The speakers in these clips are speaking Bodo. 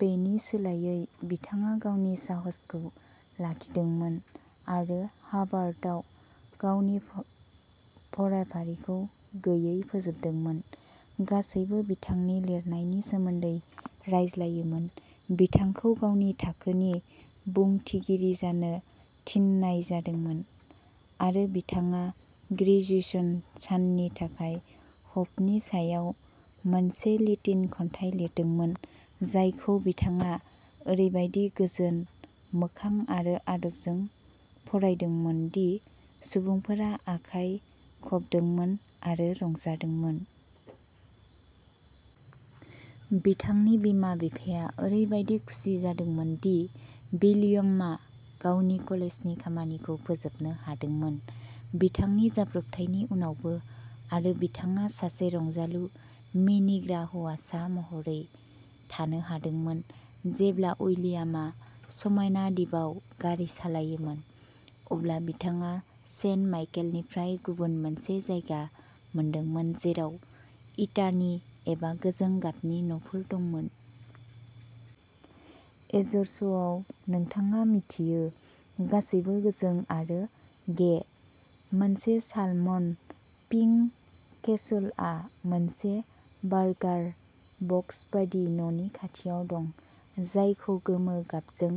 बेनि सोलायै, बिथाङा गावनि साहसखौ लाखिदोंमोन आरो हार्भार्डआव गावनि फरायफारिखौ गेयै फोजोबदोंमोन। गासैबो बिथांनि लिरनायनि सोमोन्दै रायज्लायोमोन। बिथांखौ गावनि थाखोनि बुंथिगिरि जानो थिननाय जादोंमोन, आरो बिथाङा ग्रेजुएशन साननि थाखाय ह'पनि सायाव मोनसे लेटिन खन्थाइ लिरदोंमोन, जायखौ बिथाङा ओरैबादि गोजोन मोखां आरो आदबजों फरायदोंमोन दि सुबुंफोरा आखाइ खबदोंमोन आरो रंजादोंमोन। बिथांनि बिमा बिफाया ओरैबादि खुसि जादोंमोन दि विलियमआ गावनि कलेजनि खामानिखौ फोजोबनो हादोंमोन, बिथांनि जाब्रबथायनि उनावबो, आरो बिथाङा सासे रंजालु, मिनिग्रा हौवासा महरै थानो हादोंमोन। जेब्ला उइलियामआ समायना दिपआव गारि सालायोमोन, अब्ला बिथाङा सेन्ट माइकेलनिफ्राय गुबुन मोनसे जायगा मोनदोंमोन, जेराव इटानि एबा गोजों गाबनि न'फोर दंमोन। एज'र्सआव, नोंथाङा मिथियो, गासैबो गोजों आरो गे। मोनसे सालमन पिंक केसलआ मोनसे बर्गाकार, बक्स बायदि न'नि खाथियाव दं, जायखौ गोमो गाबजों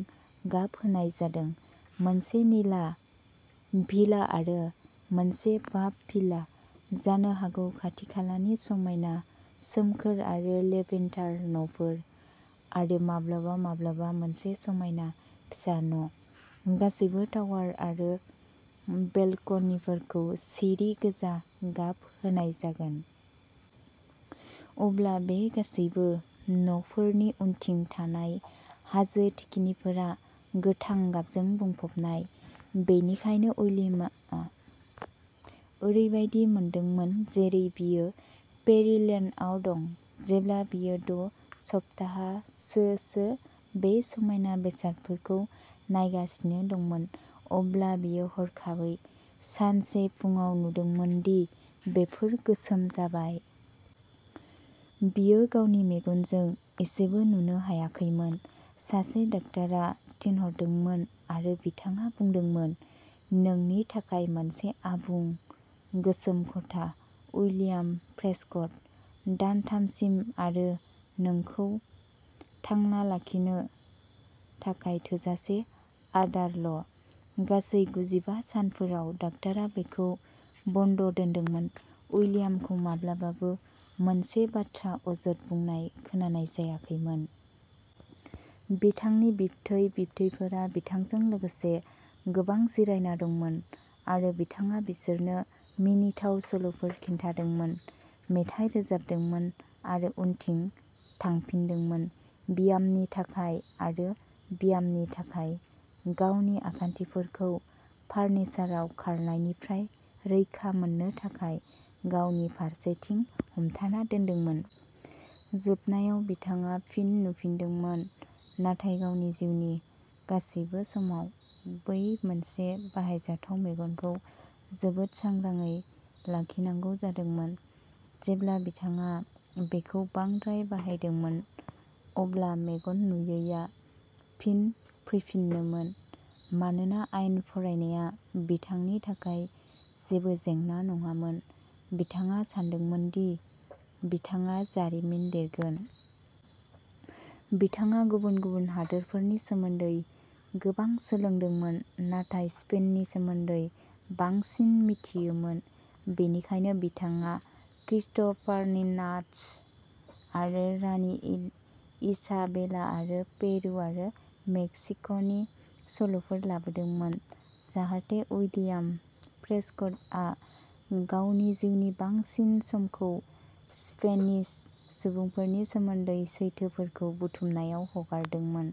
गाब होनाय जादों; मोनसे निला भिला आरो मोनसे बाफ भिला। जानो हागौ खाथिखालानि समायना सोमखोर आरो लेभेन्डार न'फोर, आरो माब्लाबा माब्लाबा मोनसे समायना फिसा न', गासैबो टावार आरो बेलकनिफोरखौ चेरि गोजा गाब होनाय जागोन। अब्ला बे गासैबो न'फोरनि उनथिं थानाय हाजो थिखिनिफोरा गोथां गाबजों बुंफबनाय। बेनिखायनो उइलियामआ ओरैबायदि मोनदोंमोन जेरै बियो फेयरीलेन्डआव दं। जेब्ला बियो द' सप्ताहसोसो बे समायना बेसादफोरखौ नायगासिनो दंमोन, अब्ला बियो हरखाबै, सानसे फुंआव, नुदोंमोन दि बेफोर गोसोम जाबाय। बियो गावनि मेगनजों एसेबो नुनो हायाखैमोन! सासे डाक्टारा थिनहरदोंमोन आरो बिथाङा बुंदोंमोन "नोंनि थाखाय मोनसे आबुं गोसोम खथा, उइलियाम प्रेस्कट, दानथामसिम, आरो नोंखौ थांना लाखिनो थाखाय थोजासे आदारल !" गासै गुजिबा सानफोराव डाक्टारा बिखौ बन्द' दोनदोंमोन, उइलियामखौ माब्लाबाबो मोनसे बाथ्रा अजद बुंनाय खोनानाय जायाखैमोन। बिथांनि बिबथै बिबथैफोरा बिथांजों लोगोसे गोबां जिरायना दंमोन, आरो बिथाङा बिसोरनो मिनिथाव सल'फोर खिन्थादोंमोन, मेथाइ रोजाबदोंमोन, आरो उनथिं थांफिनदोंमोन। ब्यामनि थाखाय आरो ब्यामनि थाखाय, गावनि आखान्थिफोरखौ फारनिसाराव खारनायनिफ्राय रैखा मोननो थाखाय गावनि फारसेथिं हमथाना दोनदोंमोन। जोबनायाव बिथाङा फिन नुफिनदोंमोन नाथाय गावनि जिउनि गासिबो समाव बै मोनसे बाहायजाथाव मेगनखौ जोबोद सांग्राङै लाखिनांगौ जादोंमोन। जेब्ला बिथाङा बेखौ बांद्राय बाहायदोंमोन, अब्ला मेगन नुयैआ फिन फैफिनोमोन। मानोना आयेन फरायनाया बिथांनि थाखाय जेबो जेंना नङामोन, बिथाङा सानदोंमोन दि बिथाङा जारिमिन लिरगोन। बिथाङा गुबुन गुबुन हादोरफोरनि सोमोन्दै गोबां सोलोंदोंमोन नाथाय स्पेननि सोमोन्दै बांसिन मिथियोमोन। बेनिखायनो बिथाङा क्रिस्ट'फार्डिनान्ड आरो रानि इ-इसाबेला आरो पेरु आरो मेक्सिक'नि सल'फोर लाबोदोंमोन, जाहाथे उइलियाम प्रेस्कटआ गावनि जिउनि बांसिन समखौ स्पेनिश सुबुंफोरनि सोमोन्दै सैथोफोरखौ बुथुमनायाव हगारदोंमोन।